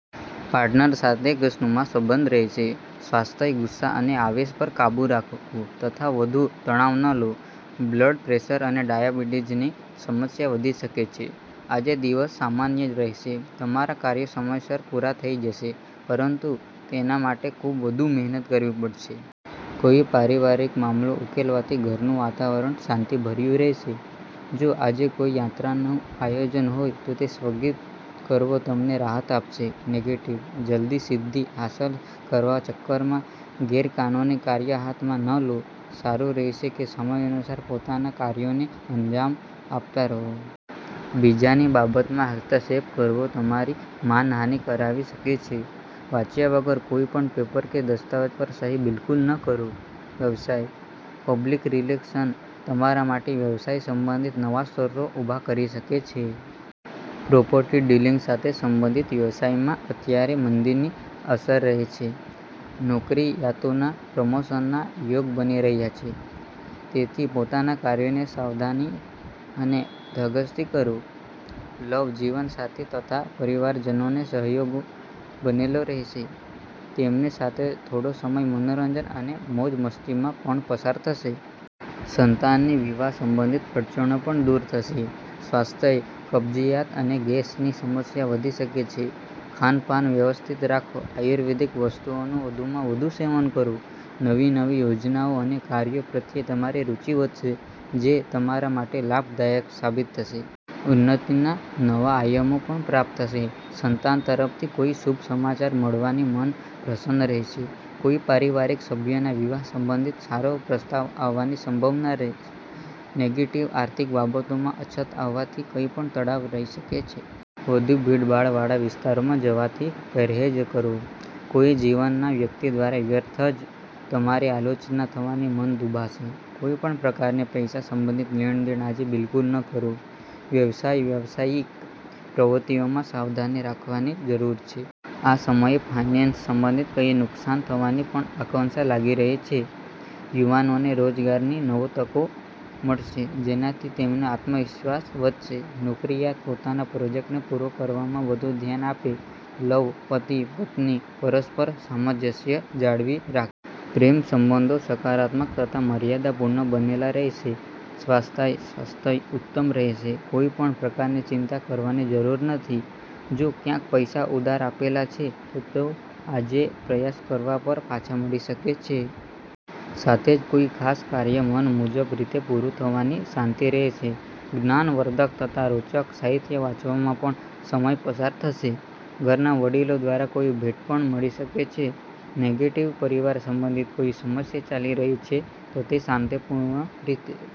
Partner સાથે ખુશનુમા સંબંધો રહેશે. સ્વાસ્થ્ય:- ગુસ્સા અને આવેશ પર કાબૂ રાખો તથા વધુ તણાવ ન લો. બ્લડ પ્રેશર અને ડાયાબિટીસની સમસ્યા વધી શકે છે. આજે દિવસ સામાન્ય રહેશે. તમારા કાર્યો સમયસર પૂરા થઈ જશે, પરંતુ તેના માટે ખૂબ વધુ મહેનત કરવી પડશે. કોઈ પારિવારિક મામલો ઉકેલાવાથી ઘરનું વાતાવરણ શાંતિભર્યું રહેશે. જો આજે કોઈ યાત્રાનું આયોજન હોય, તો તેને સ્થગિત કરવો તમને રાહત આપશે. નેગેટિવ:- જલ્દી સિદ્ધિ હાંસલ કરવાના ચક્કરમાં ગેરકાનૂની કાર્ય હાથમાં ન લો. સારું રહેશે કે સમય અનુસાર પોતાના કાર્યોને અંજામ આપતા રહો. બીજાની બાબતમાં હસ્તક્ષેપ કરવો તમારી માનહાનિ કરાવી શકે છે. વાંચ્યા વગર કોઈ પણ પેપર કે દસ્તાવેજ પર સહી બિલકુલ ન કરો. વ્યવસાય:- પબ્લિક રિલેશન્સ તમારા માટે વ્યવસાય સંબંધિત નવા સ્ત્રોતો ઊભા કરી શકે છે. પ્રોપર્ટી ડીલિંગ સાથે સંબંધિત વ્યવસાયમાં અત્યારે મંદીની અસર રહેશે. નોકરીયાતોના પ્રમોશનના યોગ બની રહ્યા છે, તેથી પોતાના કાર્યોને સાવધાની અને ધગશથી કરો. લવ:- જીવનસાથી તથા પરિવારજનોનો સહયોગ બનેલો રહેશે. તેમની સાથે થોડો સમય મનોરંજન અને મોજ-મસ્તીમાં પણ પસાર થશે. સંતાનની વિવાહ સંબંધિત અડચણો પણ દૂર થશે. સ્વાસ્થ્ય:- કબજિયાત અને ગેસની સમસ્યા વધી શકે છે. ખાનપાન વ્યવસ્થિત રાખો, આયુર્વેદિક વસ્તુઓનું વધુમાં વધુ સેવન કરો. નવી-નવી યોજનાઓ અને કાર્યો પ્રત્યે તમારી રુચિ વધશે, જે તમારા માટે લાભદાયક સાબિત થશે. ઉન્નતિના નવા આયામો પણ પ્રાપ્ત થશે. સંતાન તરફથી કોઈ શુભ સમાચાર મળવાથી મન પ્રસન્ન રહેશે. કોઈ પારિવારિક સભ્યના વિવાહ સંબંધિત સારો પ્રસ્તાવ આવવાની સંભાવના છે. નેગેટિવ:- આર્થિક બાબતોમાં અછત આવવાથી કંઈક તણાવ રહી શકે છે. વધુ ભીડભાડ વાળા વિસ્તારોમાં જવાથી પરહેજ કરો. કોઈ નજીકના વ્યક્તિ દ્વારા વ્યર્થ જ તમારી આલોચના થવાથી મન દુભાશે. કોઈ પણ પ્રકારની પૈસા સંબંધિત લેણ-દેણ આજે બિલકુલ ન કરો. વ્યવસાય- વ્યાવસાયિક પ્રવૃત્તિઓમાં સાવધાની રાખવાની જરૂર છે. આ સમયે ફાઇનાન્સ સંબંધિત કંઈક નુકસાન થવાની પણ આશંકા લાગી રહી છે. યુવાનોને રોજગારની નવી તકો મળશે, જેનાથી તેમનો આત્મવિશ્વાસ વધશે. નોકરીયાત પોતાના પ્રોજેક્ટને પૂરો કરવામાં વધુ ધ્યાન આપે. લવ- પતિ-પત્ની પરસ્પર સામંજસ્ય જાળવી રાખે. પ્રેમ સંબંધો સકારાત્મક તથા મર્યાદાપૂર્ણ બનેલા રહેશે. સ્વાસ્થ્ય- સ્વાસ્થ્ય ઉત્તમ રહેશે. કોઈ પણ પ્રકારની ચિંતા કરવાની જરૂર નથી. જો ક્યાંક પૈસા ઉધાર આપેલા છે, તો આજે પ્રયાસ કરવા પર પાછા મળી શકે છે. સાથે જ કોઈ ખાસ કાર્ય મન મુજબ રીતે પૂરું થવાથી શાંતિ રહેશે. જ્ઞાનવર્ધક તથા રોચક સાહિત્ય વાંચવામાં પણ સમય પસાર થશે. ઘરના વડીલો દ્વારા કોઈ ભેટ પણ મળી શકે છે. નેગેટિવ- પરિવાર સંબંધિત કોઈ સમસ્યા ચાલી રહી છે, તો શાંતિપૂર્ણ રીતે